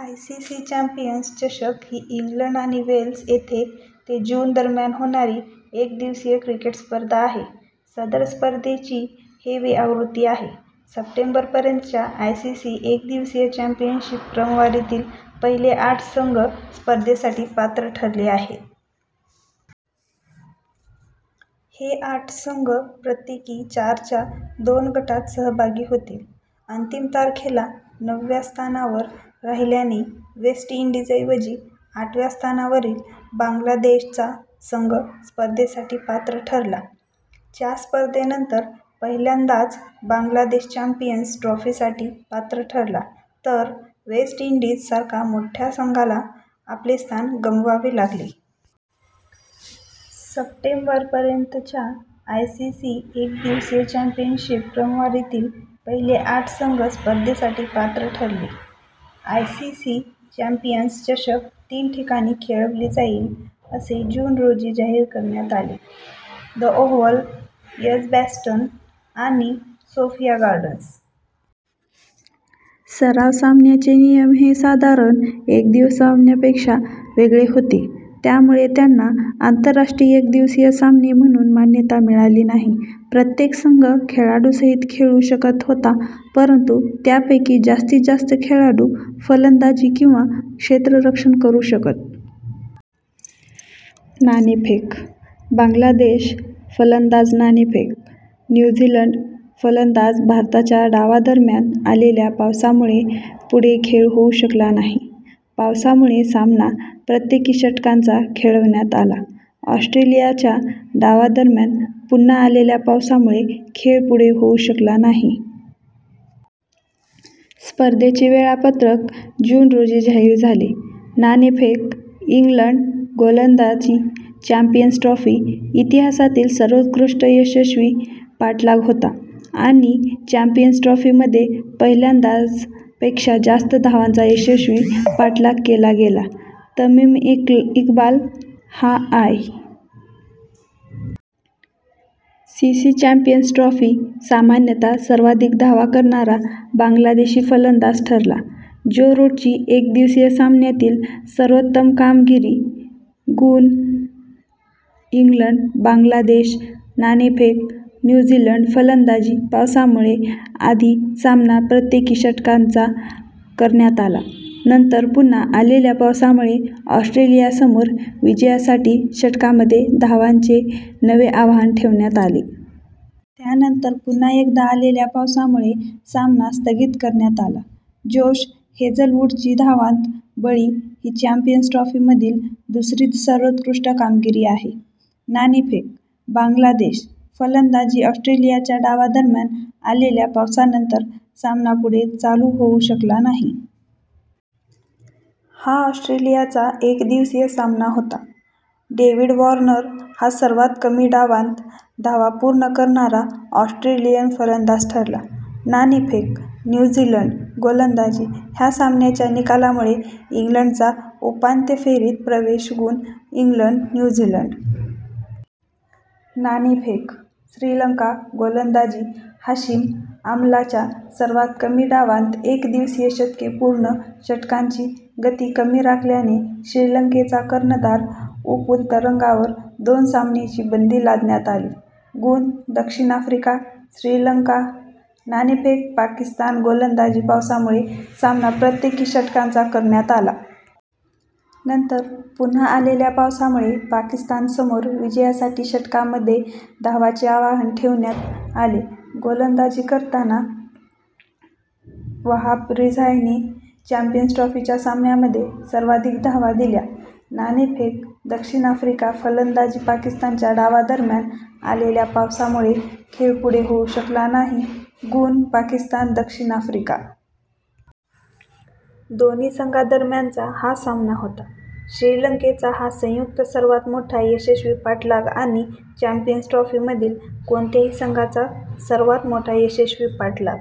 ICC champions चषक ही England आणि वेल्स येथे ते जून दरम्यान होणारी एकदिवसीय क्रिकेट स्पर्धा आहे. सदर स्पर्धेची हे वी आवृत्ती आहे. सप्टेंबर पर्यंतच्या आयसीसी एकदिवसीय चॅम्पियनशिप क्रमवारीतील पहिले आठ संघ स्पर्धेसाठी पात्र ठरले. हे आठ संघ प्रत्येकी चारच्या दोन गटांत सहभागी होतील. अंतिम तारखेला नवव्या स्थानावर राहिल्याने वेस्ट इंडीज ऐवजी आठव्या स्थानावरील बांगलादेश चा संघ स्पर्धेसाठी पात्र ठरला. च्या स्पर्धेनंतर पहिल्यांदाच बांगलादेश चॅम्पियन्स ट्रॉफीसाठी पात्र ठरला, तर वेस्ट इंडीज सारखा मोठा संघाला आपले स्थान गमवावे लागले. सप्टेंबर पर्यंतच्या आयसीसी एकदिवसीय चॅम्पियनशीप क्रमवारीतील पहिले आठ संघ स्पर्धेसाठी पात्र ठरले: आयसीसी चॅम्पियन्स चषक तीन ठिकाणी खेळवली जाईल असे जून रोजी जाहीर करण्यात आले.: द ओव्हल, एजबॅस्टन आणि सोफिया गार्डन्स. सराव सामन्यांचे नियम हे साधारण एकदिवसीय सामन्यांपेक्षा वेगळे होते, त्यामुळे त्यांना आंतरराष्ट्रीय एकदिवसीय सामने म्हणून मान्यता मिळाली नाही. प्रत्येक संघ खेळाडूंसहीत खेळू शकत होता, परंतु त्यापैकी जास्तीत जास्त खेळाडू फलंदाजी किंवा क्षेत्ररक्षण करु शकत. नाणेफेक: बांगलादेश, फलंदाज नाणेफेक: न्यू झीलंड, फलंदाज भारताच्या डावादरम्यान आलेल्या पावसामुळे पुढे खेळ होऊ शकला नाही. पाऊसामुळे सामना प्रत्येकी षटकांचा खेळवण्यात आला. ऑस्ट्रेलियाच्या डावा दरम्यान पुन्हा आलेल्या पावसामुळे खेळ पुढे होऊ शकला नाही. स्पर्धेचे वेळापत्रक जून रोजी जाहीर झाले. नाणेफेक: इंग्लंड, गोलंदाजी चॅम्पियन्स ट्रॉफी इतिहासातील सर्वोत्कृष्ट यशस्वी पाठलाग होता आणि चॅम्पियन्स ट्रॉफी मध्ये पहिल्यांदाच पेक्षा जास्त धावांचा यशस्वी पाठलाग केला गेला. तमिम इक्बाल हा I. C. C. Champions trophy सामन्यात सर्वाधिक धावा करणारा बांगलादेशी फलंदाज ठरला. ज्यो रूटची एकदिवसीय सामन्यातील सर्वोत्तम कामगिरी. गुण: इंग्लंड, बांगलादेश. नाणेफेक: न्यू झीलंड, फलंदाजी पावसामुळे आधी सामना प्रत्येकी षटकांचा करण्यात आला, नंतर पुन्हा आलेल्या पावसामुळे ऑस्ट्रेलियासमोर विजयासाठी षटकांमध्ये धावांचे नवे आव्हान ठेवण्यात आले. त्यानंतर पुन्हा एकदा आलेल्या पावसामुळे सामना स्थगित करण्यात आला. जोश हेजलवूडची धावांत बळी ही चॅम्पियन्स ट्रॉफीमधील दुसरी सर्वोत्कृष्ट कामगिरी आहे. नाणेफेक: बांगलादेश, फलंदाजी ऑस्ट्रेलियाच्या डावादरम्यान आलेल्या पावसानंतर सामना पुढे चालू होवू शकला नाही. हा ऑस्ट्रेलियाचा एकदिवसीय सामना होता. डेव्हिड वॉर्नर हा सर्वात कमी डावांत धावा पूर्ण करणारा ऑस्ट्रेलियन फलंदाज ठरला. नाणेफेक: न्यू झीलंड, गोलंदाजी ह्या सामन्याच्या निकालामुळे इंग्लंडचा उपांत्य फेरीत प्रवेश. गुण: इंग्लंड, न्यू झीलंड. नाणेफेक: श्रीलंका, गोलंदाजी हाशिम आमलाच्या सर्वात कमी डावांत एकदिवसीय शतके पूर्ण षटकांची गती कमी राखल्याने श्रीलंकेचा कर्णधार उपुल तरंगावर दोन सामन्यांची बंदी लादण्यात आली. गुण: दक्षिण आफ्रिका, श्रीलंका नाणेफेक: पाकिस्तान, गोलंदाजी पावसामुळे सामना प्रत्येकी षटकांचा करण्यात आला. नंतर पुन्हा आलेल्या पावसामुळे पाकिस्तानसमोर विजयासाठी षटकांमध्ये धावांचे आव्हान ठेवण्यात आले. गोलंदाजी करताना वहाब रियाझने चॅम्पियन्स ट्रॉफीच्या सामन्यामध्ये सर्वाधिक धावा दिल्या. नाणेफेक: दक्षिण आफ्रिका, फलंदाजी पाकिस्तानच्या डावादरम्यान आलेल्या पावसामुळे खेळ पुढे होऊ शकला नाही गुणः पाकिस्तान, दक्षिण आफ्रिका. दोन्ही संघांदरम्यानचा हा सामना होता. श्रीलंकेचा हा संयुक्त सर्वात मोठा यशस्वी पाठलाग आणि चॅम्पियन्स ट्रॉफीमधील कोणत्याही संघाचा सर्वात मोठा यशस्वी पाठलाग.।